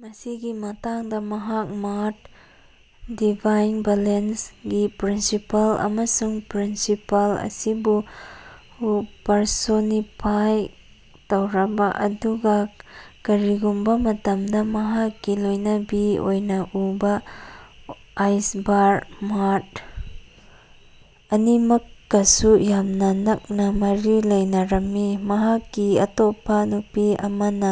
ꯃꯁꯤꯒꯤ ꯃꯇꯥꯡꯗ ꯃꯍꯥꯛ ꯃꯥꯑꯥꯠ (ꯗꯤꯚꯥꯏꯟ ꯕꯦꯂꯦꯟꯁ)ꯒꯤ ꯄ꯭ꯔꯤꯟꯁꯤꯄꯜ ꯑꯃꯁꯨꯡ ꯄ꯭ꯔꯤꯟꯁꯤꯄꯜ ꯑꯁꯤꯕꯨ ꯍꯣ ꯄꯔꯁꯣꯅꯤꯐꯥꯏ ꯇꯧꯔꯕꯥ ꯑꯗꯨꯒꯥ ꯀꯔꯤꯒꯨꯝꯕꯥ ꯃꯇꯝꯗꯥ ꯃꯍꯥꯛꯀꯤ ꯂꯣꯏꯅꯕꯤ ꯑꯣꯏꯅꯥ ꯎꯕ ꯑꯥꯏꯁ꯭ꯕꯔ ꯃꯥꯑꯥꯠ ꯑꯅꯤꯃꯛꯀꯥꯁꯨ ꯌꯥꯝꯅꯥ ꯅꯛꯅꯥ ꯃꯔꯤ ꯂꯩꯅꯔꯝꯃꯤ꯫ ꯃꯍꯥꯛꯀꯤ ꯑꯇꯣꯞꯄꯥ ꯅꯨꯄꯤ ꯑꯃꯅꯥ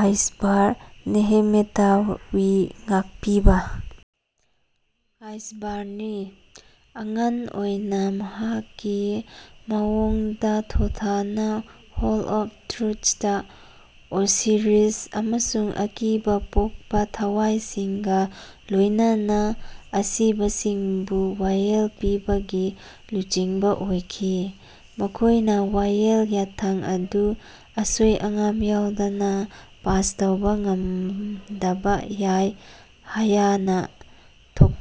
ꯑꯥꯏꯁ꯭ꯕꯔ ꯅꯦꯍꯦꯃꯦꯇꯥꯋꯤ ꯉꯥꯛꯄꯤꯕꯥ ꯑꯥꯏꯁ꯭ꯕꯔꯅꯤ꯫ꯑꯉꯥꯟ ꯑꯣꯏꯅꯥ ꯃꯍꯥꯛꯀꯤ ꯃꯑꯣꯡꯗꯥ ꯊꯣꯊꯅꯥ ꯍꯣꯜ ꯑꯣꯐ ꯇ꯭ꯔꯨꯊꯇꯥ ꯑꯣꯁꯤꯔꯤꯁ ꯑꯃꯁꯨꯡ ꯑꯀꯤꯕꯥ ꯄꯣꯛꯄꯥ ꯊꯋꯥꯏꯁꯤꯡꯒꯥ ꯂꯣꯏꯅꯅꯥ ꯑꯁꯤꯕꯁꯤꯡꯕꯨ ꯋꯥꯌꯦꯜ ꯄꯤꯕꯒꯤ ꯂꯨꯆꯤꯡꯕꯥ ꯑꯣꯏꯈꯤ꯫ ꯃꯈꯣꯏꯅꯥ ꯋꯥꯌꯦꯜ ꯌꯥꯊꯪ ꯑꯗꯨ ꯑꯁꯣꯏ ꯑꯉꯥꯝ ꯌꯥꯎꯗꯅꯥ ꯄꯥꯁ ꯇꯧꯕꯥ ꯉꯝꯗꯕꯥ ꯌꯥꯏ ꯍꯥꯌꯅꯥ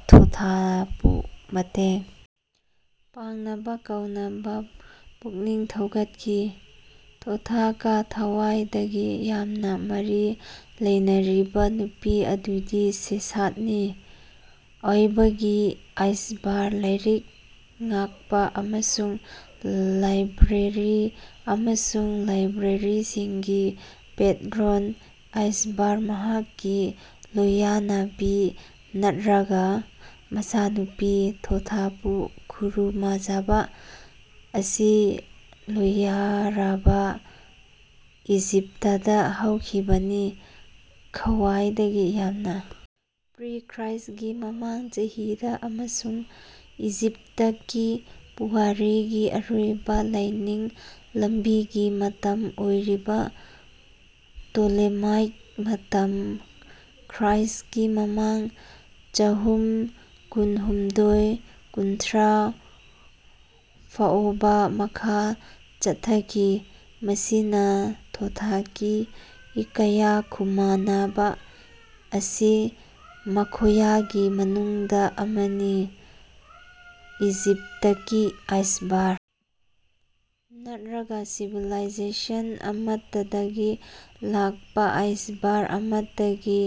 ꯊꯣꯊꯥꯕꯨ‌ꯃꯇꯦꯡ ꯄꯥꯡꯅꯕꯥ ꯀꯧꯅꯕꯥ ꯄꯨꯛꯅꯤꯡ ꯊꯧꯒꯠꯈꯤ꯫ꯊꯣꯊꯀꯥ ꯈꯋꯥꯏꯗꯒꯤ ꯌꯥꯝꯅꯥ ꯃꯔꯤ ꯂꯩꯅꯔꯤꯕꯥ ꯅꯨꯄꯤ ꯑꯗꯨꯗꯤ ꯁꯦꯁꯥꯠꯅꯤ, ꯑꯏꯕꯒꯤ ꯑꯥꯏꯁ꯭ꯕꯔ, ꯂꯥꯏꯔꯤꯛ ꯉꯥꯛꯄꯥ, ꯑꯃꯁꯨꯡ ꯂꯥꯏꯕ꯭ꯔꯦꯔꯤ ꯑꯃꯁꯨꯡ ꯂꯥꯏꯕ꯭ꯔꯦꯔꯤꯁꯤꯡꯒꯤ ꯄꯦꯠꯔꯣꯟ ꯑꯥꯏꯁ꯭ꯕꯔ, ꯃꯍꯥꯛꯀꯤ ꯂꯣꯌꯅꯕꯤ ꯅꯠꯔꯒꯥ ꯃꯆꯥꯅꯨꯄꯤ꯫ ꯊꯣꯊꯄꯨ ꯈꯨꯔꯨꯃꯖꯕꯥ ꯑꯁꯤ ꯂꯣꯌꯔꯕꯥ ꯏꯖꯤꯞꯇꯇꯥ ꯍꯧꯈꯤꯕꯅꯤ ꯈꯋꯥꯏꯗꯒꯤ ꯌꯥꯝꯅꯥ ꯄ꯭ꯔꯤ ꯈ꯭ꯔ꯭ꯏꯁ꯭ꯇꯒꯤ ꯃꯃꯥꯡ ꯆꯍꯤ ꯗꯥ ꯑꯃꯁꯨꯡ ꯏꯖꯤꯞꯇꯀꯤ ꯄꯨꯋꯥꯔꯤꯒꯤ ꯑꯔꯣꯏꯕꯥ ꯂꯥꯏꯅꯤꯡ ꯂꯝꯕꯤꯒꯤ ꯃꯇꯝ ꯑꯣꯏꯔꯤꯕꯥ ꯇꯣꯂꯦꯃꯥꯏꯛ ꯃꯇꯝ (ꯈ꯭ꯔ꯭ꯏꯁ꯭ꯇꯀꯤ ꯃꯃꯥꯡ ꯆꯥꯍꯨꯝ ꯀꯨꯟꯍꯨꯝꯗꯣꯏ - ꯀꯨꯟꯊ꯭ꯔꯥ) ꯐꯥꯑꯣꯕꯥ ꯃꯈꯥ ꯆꯠꯊꯈꯤ, ꯃꯁꯤꯅꯥ ꯊꯣꯊꯀꯤ ꯏꯀꯥꯌꯈꯨꯃꯅꯕꯥ ꯑꯁꯤ ꯃꯈꯣꯌꯒꯤ ꯃꯅꯨꯡꯗꯥ ꯑꯃꯅꯤ꯫ ꯏꯖꯤꯞꯇꯀꯤ ꯑꯥꯏꯁ꯭ꯕꯔ ꯅꯠꯔꯒꯥ ꯁꯤꯚꯤꯂꯥꯏꯖꯦꯁꯟ ꯑꯃꯠꯇꯗꯒꯤ ꯂꯥꯛꯄꯥ ꯑꯥꯏꯁ꯭ꯕꯔ ꯑꯃꯠꯇꯒꯤ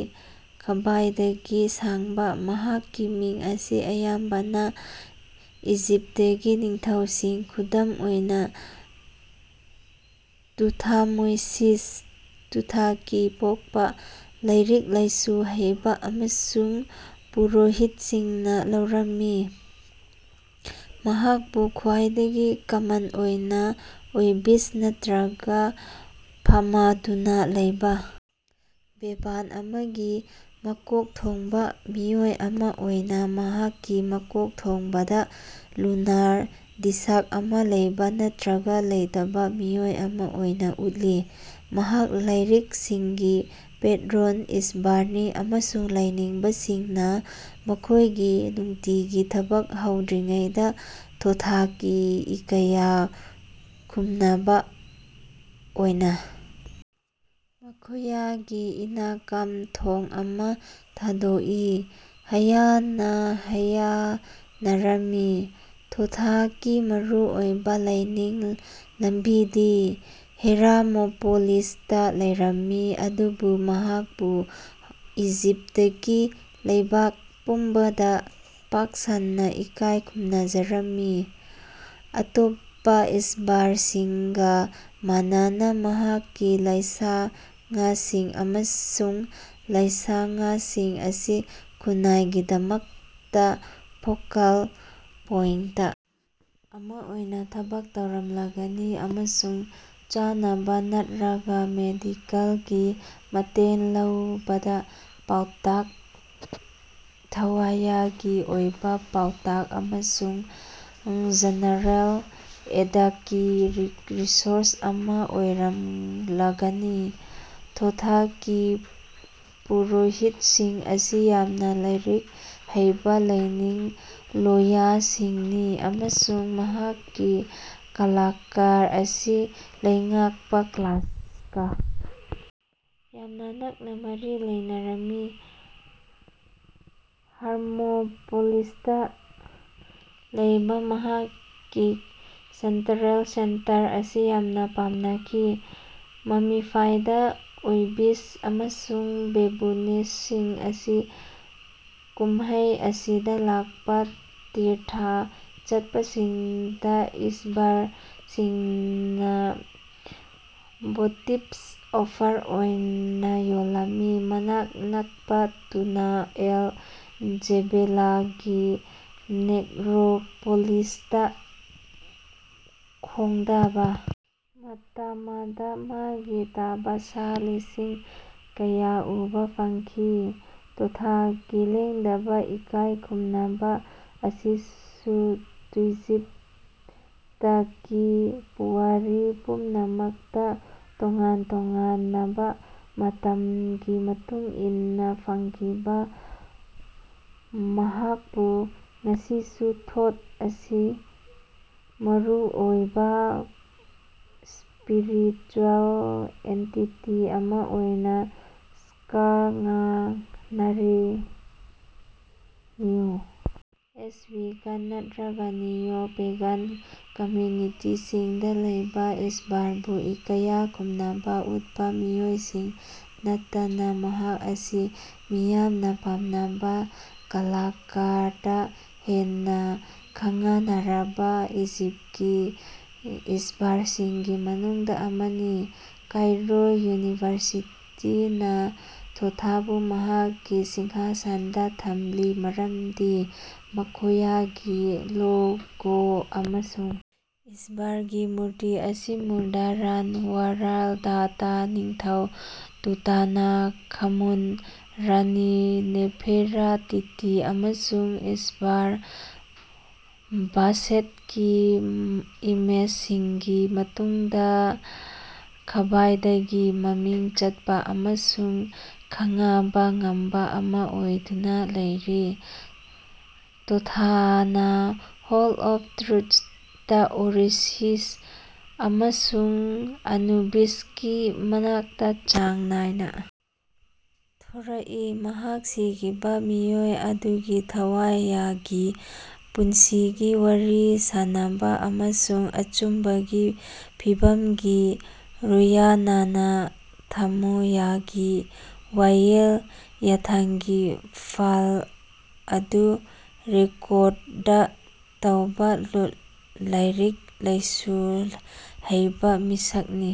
ꯈ꯭ꯕꯥꯏꯗꯒꯤ ꯁꯥꯡꯕꯥ꯫ ꯃꯍꯥꯛꯀꯤ ꯃꯤꯡ ꯑꯁꯤ ꯑꯌꯥꯝꯕꯅꯥ ꯏꯖꯤꯞꯇꯒꯤ ꯅꯤꯡꯊꯧꯁꯤꯡ (ꯈꯨꯗꯝ ꯑꯣꯏꯅꯥ, ꯇꯨꯊꯃꯣꯁꯤꯁ "ꯊꯣꯊꯀꯤ ꯄꯣꯛꯄꯥ"), ꯂꯥꯏꯔꯤꯛ ꯂꯥꯏꯁꯨ ꯍꯩꯕꯥ ꯑꯃꯁꯨꯡ ꯄꯨꯔꯣꯍꯤꯠꯁꯤꯡꯅꯥ ꯂꯧꯔꯝꯃꯤ꯫ ꯃꯍꯥꯛꯄꯨ ꯈꯋꯥꯏꯗꯒꯤ ꯀꯃꯟ ꯑꯣꯏꯅꯥ ꯑꯣꯏꯕꯤꯁ ꯅꯠꯇ꯭ꯔꯒ ꯐꯃꯗꯨꯅꯥ ꯂꯩꯕꯥ ꯕꯦꯕꯟ ꯑꯃꯒꯤ ꯃꯀꯣꯛ ꯊꯣꯡꯕꯥ ꯃꯤꯑꯣꯏ ꯑꯃꯥ ꯑꯣꯏꯅ ꯃꯍꯥꯛꯀꯤ ꯃꯀꯣꯛꯊꯣꯡꯕꯗꯥ ꯂꯨꯅꯥꯔ ꯗꯤꯁ꯭ꯛ ꯑꯃꯥ ꯂꯩꯕꯥ ꯅꯠꯇ꯭ꯔꯒ ꯂꯩꯇꯕꯥ ꯃꯤꯑꯣꯏ ꯑꯃꯥ ꯑꯣꯏꯅꯥ ꯎꯠꯂꯤ꯫ ꯃꯍꯥꯛ ꯂꯥꯏꯔꯤꯛꯁꯤꯡꯒꯤ ꯄꯦꯠꯔꯣꯟ ꯏꯁ꯭ꯕꯔꯅꯤ ꯑꯃꯁꯨꯡ ꯂꯥꯏꯅꯤꯡꯕꯁꯤꯡꯅꯥ ꯃꯈꯣꯏꯒꯤ ꯅꯨꯡꯇꯤꯒꯤ ꯊꯕꯛ ꯍꯧꯗ꯭ꯔꯤꯉꯩꯗꯥ ꯊꯣꯊꯀꯤ ꯏꯀꯥꯌ ꯈꯨꯝꯅꯕꯥ ꯑꯣꯏꯅꯥ ꯃꯈꯣꯌꯒꯤ ꯏꯅꯀꯝ ꯊꯣꯡ ꯑꯃ ꯊꯥꯗꯣꯛꯏ ꯍꯥꯌꯅꯥ ꯍꯥꯌꯅꯔꯝꯃꯤ꯫ ꯊꯣꯊꯀꯤ ꯃꯔꯨꯑꯣꯏꯕꯥ ꯂꯥꯏꯅꯤꯡ ꯂꯝꯕꯤꯗꯤ ꯍꯦꯔꯃꯣꯄꯣꯂꯤꯁꯇꯥ ꯂꯩꯔꯝꯃꯤ ꯑꯗꯨꯕꯨ ꯃꯍꯥꯛꯄꯨ ꯏꯖꯤꯞꯇꯀꯤ ꯂꯩꯕꯥꯛ ꯄꯨꯝꯕꯗꯥ ꯄꯥꯛ ꯁꯟꯅꯥ ꯏꯀꯥꯏ ꯈꯨꯝꯅꯖꯔꯝꯃꯤ꯫ ꯑꯇꯣꯞꯄꯥ ꯏꯁ꯭ꯕꯔꯁꯤꯡꯒꯥ ꯃꯥꯟꯅꯅꯥ, ꯃꯍꯥꯛꯀꯤ ꯂꯥꯏꯁꯉꯁꯤꯡ ꯑꯃꯁꯨꯡ ꯂꯥꯏꯁꯉꯁꯤꯡ ꯑꯁꯤ ꯈꯨꯟꯅꯥꯏꯒꯤꯗꯃꯛꯇꯥ ꯐꯣꯀꯜ ꯄꯣꯏꯟꯇ ꯑꯃꯥ ꯑꯣꯏꯅꯥ ꯊꯕꯛ ꯇꯧꯔꯝꯂꯒꯅꯤ ꯑꯃꯁꯨꯡ ꯆꯥꯅꯕꯥ ꯅꯠꯔꯒꯥ ꯃꯦꯗꯤꯀꯦꯜꯒꯤ ꯃꯇꯦꯡ ꯂꯧꯕꯗꯥ ꯄꯥꯎꯇꯥꯛ, ꯊꯋꯥꯏꯌꯒꯤ ꯑꯣꯏꯕꯥ ꯄꯥꯎꯇꯥꯛ ꯑꯃꯁꯨꯡ ꯖꯦꯅꯔꯦꯜ ꯑꯦꯗꯀꯤ ꯔꯤꯁꯣꯔꯁ ꯑꯃꯥ ꯑꯣꯏꯔꯝꯂꯒꯅꯤ꯫ ꯊꯣꯊꯀꯤ ꯄꯨꯔꯣꯍꯤꯠꯁꯤꯡ ꯑꯁꯤ ꯌꯥꯝꯅꯥ ꯂꯥꯏꯔꯤꯛ ꯍꯩꯕꯥ ꯂꯥꯏꯅꯤꯡꯂꯣꯌꯁꯤꯡꯅꯤ ꯑꯃꯁꯨꯡ ꯃꯍꯥꯛꯀꯤ ꯀꯂꯀꯥꯔ ꯑꯁꯤ ꯂꯩꯉꯥꯛꯄꯥ ꯀ꯭ꯂꯥꯁꯀꯥ ꯌꯥꯝꯅꯥ ꯅꯛꯅꯥ ꯃꯔꯤ ꯂꯩꯅꯔꯝꯃꯤ꯫ ꯍꯔꯃꯣꯄꯣꯂꯤꯁꯇꯥ ꯂꯩꯕꯥ ꯃꯍꯥꯛꯀꯤ ꯁꯦꯟꯇꯔꯦꯜ ꯁꯦꯟꯇꯔ ꯑꯁꯤ ꯌꯥꯝꯅꯥ ꯄꯥꯝꯅꯈꯤ꯫ ꯃꯃꯤꯐꯥꯏꯗ ꯑꯥꯏꯕꯤꯁ ꯑꯃꯁꯨꯡ ꯕꯦꯕꯨꯅꯤꯁꯤꯡ ꯑꯁꯤ ꯀꯨꯝꯃꯩ ꯑꯁꯤꯗꯥ ꯂꯥꯀꯄꯥ ꯇꯤꯔꯊ ꯆꯠꯄꯁꯤꯡꯗꯥ ꯏꯁ꯭ꯕꯔꯁꯤꯡꯅꯥ ꯚꯣꯇꯤꯄꯁ ꯑꯣꯐꯔ ꯑꯣꯏꯅꯥ ꯌꯣꯜꯂꯝꯃꯤ꯫ ꯃꯅꯥꯛ ꯅꯀꯄꯥ ꯇꯨꯅꯥ ꯑꯦꯜ-ꯖꯦꯕꯦꯂꯒꯤ ꯅꯦꯛꯔꯣꯄꯣꯂꯤꯁꯇꯥ ꯈꯣꯡꯗꯥꯕꯥ ꯃꯇꯃꯗꯥ ꯃꯒꯤ ꯇꯥꯕꯥ ꯁꯥ ꯂꯤꯁꯤꯡ ꯀꯌꯥ ꯎꯕꯥ ꯐꯪꯈꯤ꯫ ꯊꯣꯊꯀꯤ ꯂꯦꯡꯗꯕꯥ ꯏꯀꯥꯏ ꯈꯨꯝꯅꯕꯥ ꯑꯁꯤꯁꯨ ꯇꯨꯏꯖꯤꯞꯇꯀꯤ ꯄꯨꯋꯥꯔꯤ ꯄꯨꯝꯅꯃꯛꯇꯥ ꯇꯣꯉꯥꯟ ꯇꯣꯉꯥꯟꯅꯕꯥ ꯃꯇꯝꯒꯤ ꯃꯇꯨꯡ ꯏꯟꯅꯥ ꯐꯪꯈꯤꯕꯥ ꯃꯍꯥꯀꯄꯨ꯫ ꯉꯁꯤꯁꯨ ꯊꯣꯠ ꯑꯁꯤ ꯃꯔꯨꯑꯣꯏꯕꯥ ꯁ꯭ꯄꯤꯔꯤꯆꯨꯑꯦꯜ ꯑꯦꯟꯇꯤꯇꯤ ꯑꯃꯥ ꯑꯣꯏꯅꯥ ꯀꯉꯅꯔꯤ꯫ ꯑꯦꯖ, ꯋꯤꯀꯥꯟ ꯅꯠꯔꯒꯥ ꯅꯤꯑꯣ-ꯄꯦꯒꯥꯟ ꯀꯝꯃꯌꯨꯅꯤꯇꯤꯁꯤꯡꯗꯥ ꯂꯩꯕꯥ ꯏꯁ꯭ꯕꯔꯕꯨ ꯏꯀꯥꯌ ꯈꯨꯝꯅꯕꯥ ꯎꯠꯄꯥ ꯃꯤꯑꯣꯏꯁꯤꯡ ꯅꯠꯇꯅꯥ ꯃꯍꯥꯛ ꯑꯁꯤ ꯃꯤꯌꯥꯝꯅꯥ ꯄꯥꯝꯅꯕꯥ ꯀꯂꯀꯥꯔꯗꯥ ꯍꯦꯟꯅꯥ ꯈꯉꯅꯔꯕꯥ ꯏꯖꯤꯞꯇꯀꯤ ꯏꯁ꯭ꯕꯔꯁꯤꯡꯒꯤ ꯃꯅꯨꯡꯗꯥ ꯑꯃꯅꯤ꯫ ꯀꯥꯏꯔꯣ ꯌꯨꯅꯤꯚꯔꯁꯤꯇꯤꯅꯥ ꯊꯣꯊꯄꯨ ꯃꯍꯥꯛꯀꯤ ꯁꯤꯡꯍꯥꯁꯟꯗꯥ ꯊꯝꯂꯤ ꯃꯔꯃꯗꯤ ꯃꯈꯣꯌꯒꯤ ꯂꯣꯒꯣ ꯑꯃꯁꯨꯡ ꯏꯁ꯭ꯕꯔꯒꯤ ꯃꯨꯔꯇꯤ ꯑꯁꯤ ꯃꯣꯗꯔꯟ ꯋꯥꯔꯜꯗꯇꯥ ꯅꯤꯡꯊꯧ ꯇꯨꯇꯥꯅꯈꯥꯃꯨꯟ, ꯔꯥꯅꯤ ꯅꯦꯐꯦꯔꯇꯤꯇꯤ ꯑꯃꯁꯨꯡ ꯏꯁ꯭ꯕꯔ ꯕꯥꯁꯦꯠꯀꯤ ꯏꯃꯦꯖꯁꯤꯡꯒꯤ ꯃꯇꯨꯡꯗꯥ ꯈ꯭ꯕꯥꯏꯗꯒꯤ ꯃꯃꯤꯡ ꯆꯠꯄꯥ ꯑꯃꯁꯨꯡ ꯈꯉꯕꯥ ꯉꯝꯕꯥ ꯑꯃꯥ ꯑꯣꯏꯗꯨꯅꯥ ꯂꯩꯔꯤ꯫ ꯊꯣꯊꯅꯥ ꯍꯣꯜ ꯑꯣꯐ ꯇ꯭ꯔꯨꯊꯇꯥ ꯑꯣꯔꯤꯁꯤꯁ ꯑꯃꯁꯨꯡ ꯑꯅꯨꯕꯤꯁꯀꯤ ꯃꯅꯥꯛꯇ ꯆꯥꯡ ꯅꯥꯏꯅ ꯊꯣꯔꯛꯏ, ꯃꯍꯥꯛ ꯁꯤꯈꯤꯕꯥ ꯃꯤꯑꯣꯏ ꯑꯗꯨꯒꯤ ꯊꯋꯥꯌꯒꯤ ꯄꯨꯟꯁꯤꯒꯤ ꯋꯥꯔꯤ ꯁꯥꯟꯅꯕ ꯑꯃꯁꯨꯡ ꯑꯆꯨꯝꯕꯒꯤ ꯐꯤꯕꯝꯒꯤ ꯂꯣꯏꯌꯅꯅꯥ ꯊꯝꯃꯣꯌꯒꯤ ꯋꯥꯌꯦꯜ ꯌꯥꯊꯪꯒꯤ ꯐꯜ ꯑꯗꯨ ꯔꯦꯀꯣꯔꯗ ꯇꯧꯕꯥ ꯂꯥꯏꯔꯤꯛ ꯂꯥꯏꯁꯨ ꯍꯩꯕꯥ ꯃꯤꯁꯛ ꯅꯤ꯫